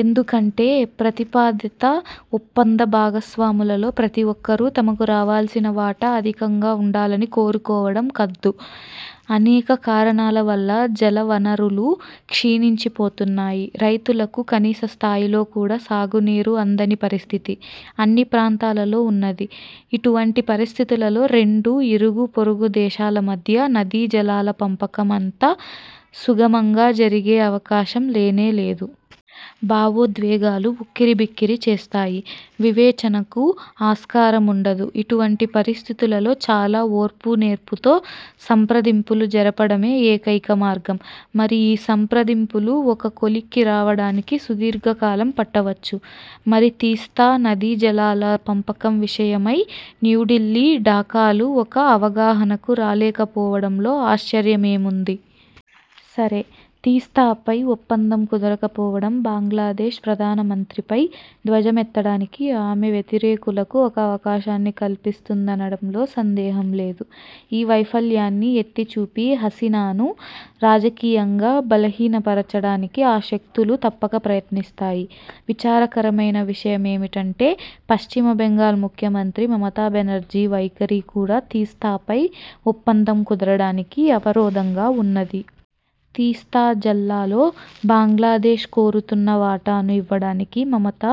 ఎందుకంటే ప్రతిపాదిత ఒప్పంద భాగస్వాములలో ప్రతి ఒక్కరూ తమకు రావాల్సిన వాటా అధికంగా ఉండాలని కోరుకోవడం కద్దు. అనేక కారణాల వల్ల జలవనరులు క్షీణించిపోతున్నాయి. రైతులకు కనీసస్థాయిలో కూడా సాగునీరు అందని పరిస్థితి అన్నిప్రాంతాలలో ఉన్నది. ఇటువంటి పరిస్థితులలో రెండు ఇరుగుపొరుగు దేశాల మధ్య నదీజలాల పంపకం అంత సుగమంగా జరిగే అవకాశం లేనే లేదు. భావోద్వేగాలు ఉక్కిరిబిక్కిరి చేస్తాయి. వివేచనకు ఆస్కారముండదు. ఇటువంటి పరిస్థితులలో చాలా ఓర్పు, నేర్పుతో సంప్రదింపులు జరపడమే ఏకైక మార్గం. మరి ఈ సంప్రదింపులు ఒక కొలిక్కి రావడానికి సుదీర్ఘ కాలం పట్టవచ్చు. మరి తీస్తా నదీజలాల పంపకం విషయమై న్యూఢిల్లీ – ఢాకాలు ఒక అవగాహనకు రాలేకపోవడంలో ఆశ్చర్యమేముంది? సరే, తీస్తాపై ఒప్పందం కుదరకపోవడం బంగ్లాదేశ్ ప్రధానమంత్రిపై ధ్వజమెత్తడానికి ఆమె వ్యతిరేకులకు ఒక అవకాశాన్ని కల్పిస్తుందనడంలో సందేహం లేదు. ఈ వైఫల్యాన్ని ఎత్తిచూపి హసీనాను రాజకీయంగా బలహీనపరచడానికి ఆ శక్తులు తప్పక ప్రయత్నిస్తాయి. విచారకరమైన విషయమేమిటంటే పశ్చిమ బెంగాల్ ముఖ్యమంత్రి మమతా బెనర్జీ వైఖరి కూడా తీస్తాపై ఒప్పందం కుదరడానికి అవరోధంగా వున్నది. తీస్తా జల్లాల్లో బంగ్లాదేశ్ కోరుతున్న వాటాను ఇవ్వడానికి మమత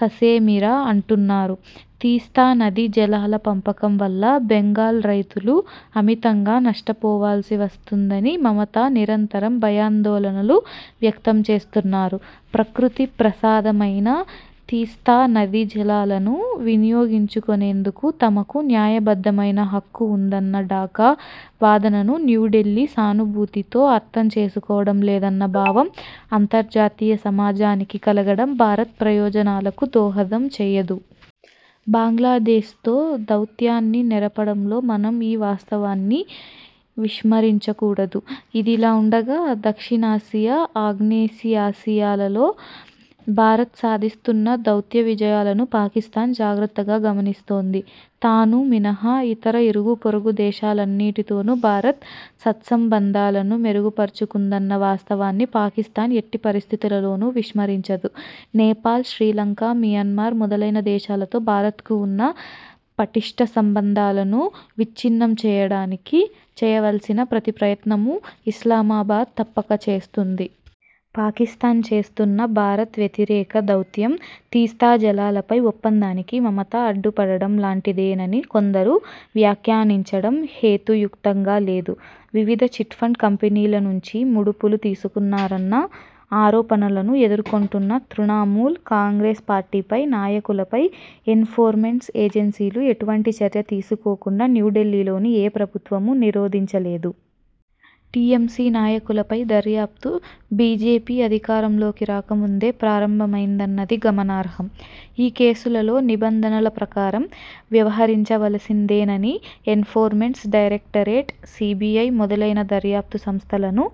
తసేమిరా అంటున్నారు. తీస్తా నదీ జలాల పంపకం వల్ల బెంగాల్ రైతులు అమితంగా నష్టపోవలసివస్తుందని మమత నిరంతరం భయాందోళనలు వ్యక్తంచేస్తున్నారు. ప్రకృతి ప్రసాదమైన తీస్తా నదీజలాలను వినియోగించుకొనేందుకు తమకూ న్యాయబద్ధమైన హక్కువుందన్న ఢాకా వాదనను న్యూఢిల్లీ సానుభూతితో అర్థం చేసుకోవడం లేదన్న భావం అంతర్జాతీయ సమాజానికి కలగడం భారత్ ప్రయోజనాలకు దోహదం చేయదు. బంగ్లాదేశ్తో దౌత్యాన్ని నెరపడంలో మనం ఈ వాస్తవాన్ని విస్మరించకూడదు. ఇదిలావుండగా దక్షిణాసియా, ఆగ్నేయాసియాలలో భారత్ సాధిస్తున్న దౌత్య విజయాలను పాకిస్థాన్ జాగ్రత్తగా గమనిస్తోంది. తాను మినహా, ఇతర ఇరుగుపొరుగు దేశాలన్నిటితోను భారత్ సత్సంబంధాలను మెరుగుపరచుకుందన్న వాస్తవాన్ని పాకిస్థాన్ ఎట్టి పరిస్థితులలోను విస్మరించదు. నేపాల్, శ్రీలంక, మియన్మార్ మొదలైన దేశాలతో భారత్కు వున్న పటిష్ఠ సంబంధాలను విచ్ఛిన్నం చేయడానికి చేయవలసిన ప్రతి ప్రయత్నమూ ఇస్లామాబాద్ తప్పకచేస్తుంది. పాకిస్థాన్ చేస్తున్న భారత్ వ్యతిరేక దౌత్యం, తీస్తాజలాలపై ఒప్పందానికి మమత అడ్డుపడడం లాంటిదేనని కొందరు వ్యాఖ్యానించడం హేతుయుక్తంగా లేదు. వివిధ చిట్ఫండ్ కంపెనీల నుంచి ముడుపులు తీసుకున్నారన్న ఆరోపణలను ఎదుర్కొంటున్న తృణమూల్ కాంగ్రెస్ పార్టీపై, నాయకులపై ఎన్ఫోర్స్మెంట్ ఏజెన్సీలు ఎటువంటి చర్య తీసుకోకుండా న్యూఢిల్లీలోని ఏ ప్రభుత్వమూ నిరోధించలేదు. టీఎంసీ నాయకులపై దర్యాప్తు బీజేపీ అధికారంలోకి రాకముందే ప్రారంభమయిందన్నది గమనార్హం. ఈ కేసులలో నిబంధనల ప్రకారం వ్యవహరించవలసిందేనని ఎన్ఫోర్స్మెంట్ డైరెక్టరేట్, సీబీఐ మొదలైన దర్యాప్తు సంస్థలను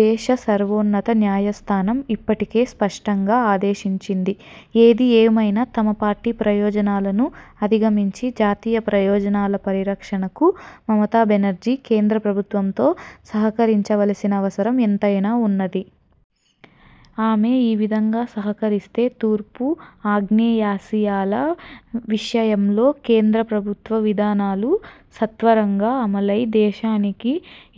దేశసర్వోన్నత న్యాయస్థానం ఇప్పటికే స్పష్టంగా ఆదేశించింది. ఏదిఏమైనా తమ పార్టీ ప్రయోజనాలను అధిగమించి జాతీయ ప్రయోజనాల పరిరక్షణకు మమతాబెనర్జీ కేంద్ర ప్రభుత్వంతో సహకరించవలసిన అవసరం ఎంతైనా వున్నది. ఆమె ఈ విధంగా సహకరిస్తే తూర్పు, ఆగ్నేయాసియాల విషయంలో కేంద్రప్రభుత్వ విధానాలు సత్వరంగా అమలై దేశానికి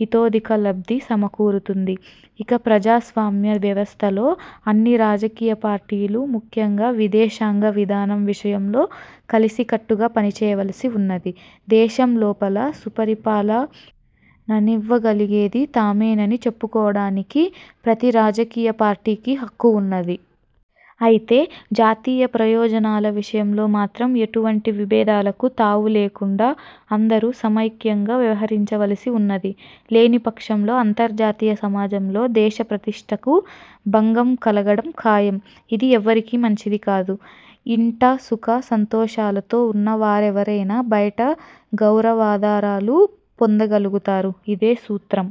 ఇతోధిక లబ్ధి సమకూరుతుంది. ఒక ప్రజాస్వామ్య వ్యవస్థలో అన్ని రాజకీయపార్టీలూ ముఖ్యంగా విదేశాంగ విధానం విషయంలో కలసికట్టుగా పనిచేయవలసి వున్నది. దేశం లోపల సుపరిపాలననివ్వగలిగేది తామేనని చెప్పుకోవడానికి ప్రతి రాజకీయ పార్టీకి హక్కు వున్నది. అయితే జాతీయ ప్రయోజనాల విషయంలో మాత్రం ఎటువంటి విభేదాలకు తావు లేకుండా అందరూ సమైక్యంగా వ్యవహరించవలసి వున్నది. లేనిపక్షంలో అంతర్జాతీయ సమాజంలో దేశ ప్రతిష్ఠకు భంగం కలగడం ఖాయం. ఇది ఎవ్వరికీ మంచిది కాదు. ఇంట సుఖ సంతోషాలతో వున్న వారెవరైనా బయట గౌరవాదరాలు పొందగలుగుతారు. ఇదే సూత్రం